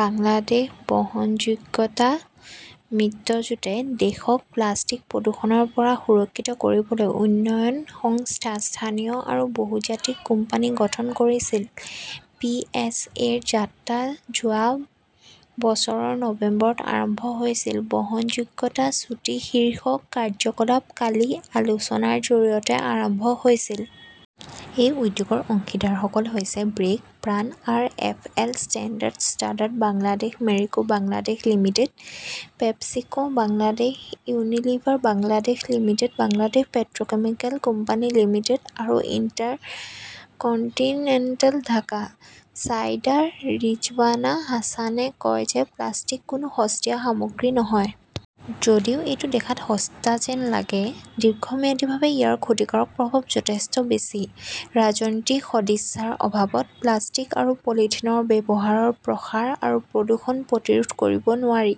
বাংলাদেশ বহনযোগ্যতা মিত্ৰজোঁটে দেশক প্লাষ্টিক প্ৰদূষণৰ পৰা সুৰক্ষিত কৰিবলৈ উন্নয়ন সংস্থা, স্থানীয় আৰু বহুজাতিক কোম্পানী গঠন কৰিছিল। পি. এছ. এ. -ৰ যাত্ৰা যোৱা বছৰৰ নৱেম্বৰত আৰম্ভ হৈছিল। বহনযোগ্যতা চুটি শীৰ্ষক কাৰ্যকলাপ কালি আলোচনাৰ জৰিয়তে আৰম্ভ হৈছিল। এই উদ্যোগৰ অংশীদাৰসকল হৈছে brake, PRAN R. F L Standard Chartered Bangladesh Marico Bangladesh Limited, PepsiCo Bangladesh, Unilever Bangladesh limited, Bangladesh পেট্ৰ কেমিকেল কোম্পানী লিমিটেড আৰু ইণ্টাৰকণ্টিনেণ্টেল ঢাকা। চাইদা ৰিজৱানা হাছানে কয় যে প্লাষ্টিক কোনো সস্তীয়া সামগ্ৰী নহয়। যদিও এইটো দেখাত সস্তা যেন লাগে, দীৰ্ঘম্যাদীভাৱে ইয়াৰ ক্ষতিকাৰক প্ৰভাৱ যথেষ্ট বেছি। ৰাজনৈতিক সদিচ্ছাৰ অভাৱত প্লাষ্টিক আৰু পলিথিনৰ ব্যৱহাৰৰ প্ৰসাৰ আৰু প্ৰদূষণ প্ৰতিৰোধ কৰিব নোৱাৰি।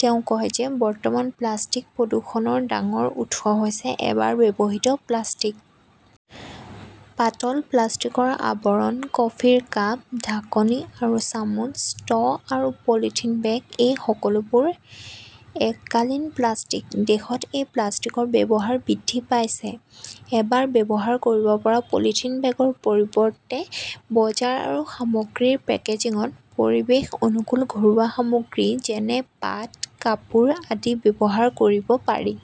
তেওঁ কয় যে বৰ্তমান প্লাষ্টিক প্ৰদূষণৰ ডাঙৰ উৎস হৈছে এবাৰ ব্যৱহৃত প্লাষ্টিক। পাতল প্লাষ্টিকৰ আৱৰণ, কফিৰ কাপ, ঢাকনি আৰু চামুচ, ষ্ট্ৰ আৰু পলিথিন বেগ-এই সকলোবোৰ এককালীন প্লাষ্টিক। দেশত এই প্লাষ্টিকৰ ব্যৱহাৰ বৃদ্ধি পাইছে। এবাৰ ব্যৱহাৰ কৰিব পৰা পলিথিন বেগৰ পৰিৱৰ্তে বজাৰ আৰু সামগ্ৰীৰ পেকেজিঙত পৰিৱেশ-অনুকূল ঘৰুৱা সামগ্ৰী যেনে পাট, কাপোৰ আদি ব্যৱহাৰ কৰিব পাৰি।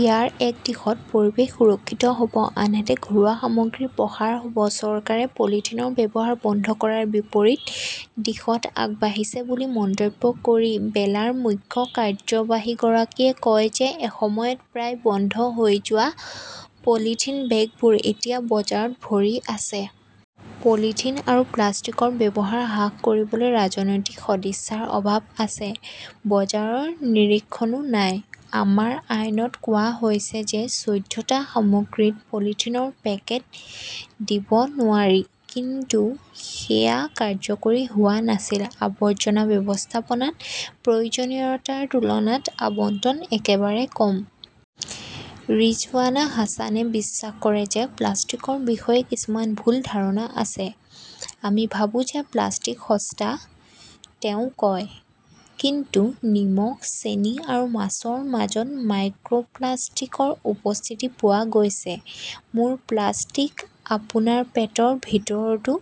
ইয়াৰ এক দিশত পৰিৱেশ সুৰক্ষিত হ’ব আনহাতে ঘৰুৱা সামগ্ৰীৰ প্ৰসাৰ হ’ব। চৰকাৰে পলিথিনৰ ব্যৱহাৰ বন্ধ কৰাৰ বিপৰীত দিশত আগবাঢ়িছে বুলি মন্তব্য কৰি বেলাৰ মুখ্য কাৰ্যবাহীগৰাকীয়ে কয় যে এসময়ত প্ৰায় বন্ধ হৈ যোৱা পলিথিন বেগবোৰ এতিয়া বজাৰত ভৰি আছে। পলিথিন আৰু প্লাষ্টিকৰ ব্যৱহাৰ হ্ৰাস কৰিবলৈ ৰাজনৈতিক সদিচ্ছাৰ অভাৱ আছে। বজাৰৰ নিৰীক্ষণও নাই। আমাৰ আইনত কোৱা হৈছে যে চৈধ্যটা সামগ্ৰীত পলিথিনৰ পেকেট দিব নোৱাৰি। কিন্তু সেয়া কাৰ্যকৰী হোৱা নাছিল। আৱৰ্জনা ব্যৱস্থাপনাত প্ৰয়োজনীয়তাৰ তুলনাত আবণ্টন একেবাৰে কম। ৰিজৱানা হাছানে বিশ্বাস কৰে যে প্লাষ্টিকৰ বিষয়ে কিছুমান ভুল ধাৰণা আছে। আমি ভাবো যে প্লাষ্টিক সস্তা তেওঁ কয়। কিন্তু নিমখ, চেনি আৰু মাছৰ মাজত মাইক্ৰ প্লাষ্টিকৰ উপস্থিতি পোৱা গৈছে। মোৰ-প্লাষ্টিক আপোনাৰ পেটৰ ভিতৰতো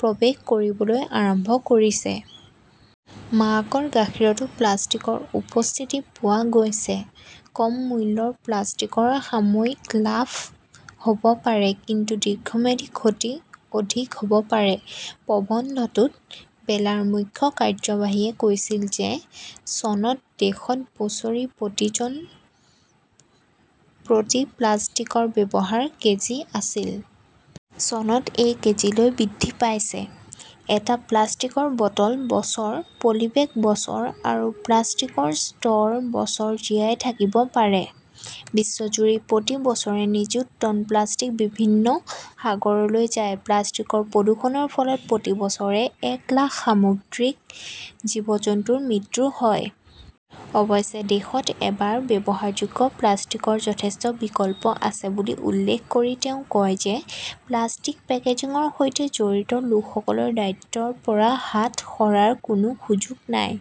প্ৰৱেশ কৰিবলৈ আৰম্ভ কৰিছে। মাকৰ গাখীৰতো প্লাষ্টিকৰ উপস্থিতি পোৱা গৈছে। কম মূল্যৰ প্লাষ্টিকৰ সাময়িক লাভ হ’ব পাৰে, কিন্তু দীৰ্ঘম্যাদী ক্ষতি অধিক হ’ব পাৰে। প্ৰবন্ধটোত বেলাৰ মুখ্য কাৰ্যবাহীই কৈছিল যে চনত দেশত বছৰি প্ৰতি জন প্ৰতি প্লাষ্টিকৰ ব্যৱহাৰ কেজি আছিল। চনত ই কেজিলৈ বৃদ্ধি পাইছে। এটা প্লাষ্টিকৰ বটল বছৰ, পলিবেগ বছৰ আৰু প্লাষ্টিকৰ ষ্ট্ৰ বছৰ জীয়াই থাকিব পাৰে। বিশ্বজুৰি প্ৰতি বছৰে নিযুত টন প্লাষ্টিক বিভিন্ন সাগৰলৈ যায়। প্লাষ্টিকৰ প্ৰদূষণৰ ফলত প্ৰতি বছৰে এক লাখ সামুদ্ৰিক জীৱ-জন্তুৰ মৃত্যু হয়। অৱশ্যে, দেশত এবাৰ ব্যৱহাৰযোগ্য প্লাষ্টিকৰ যথেষ্ট বিকল্প আছে বুলি উল্লেখ কৰি তেওঁ কয় যে প্লাষ্টিক পেকেজিংৰ সৈতে জড়িত লোকসকলৰ দায়িত্বৰ পৰা হাত সাৰাৰ কোনো সুযোগ নাই।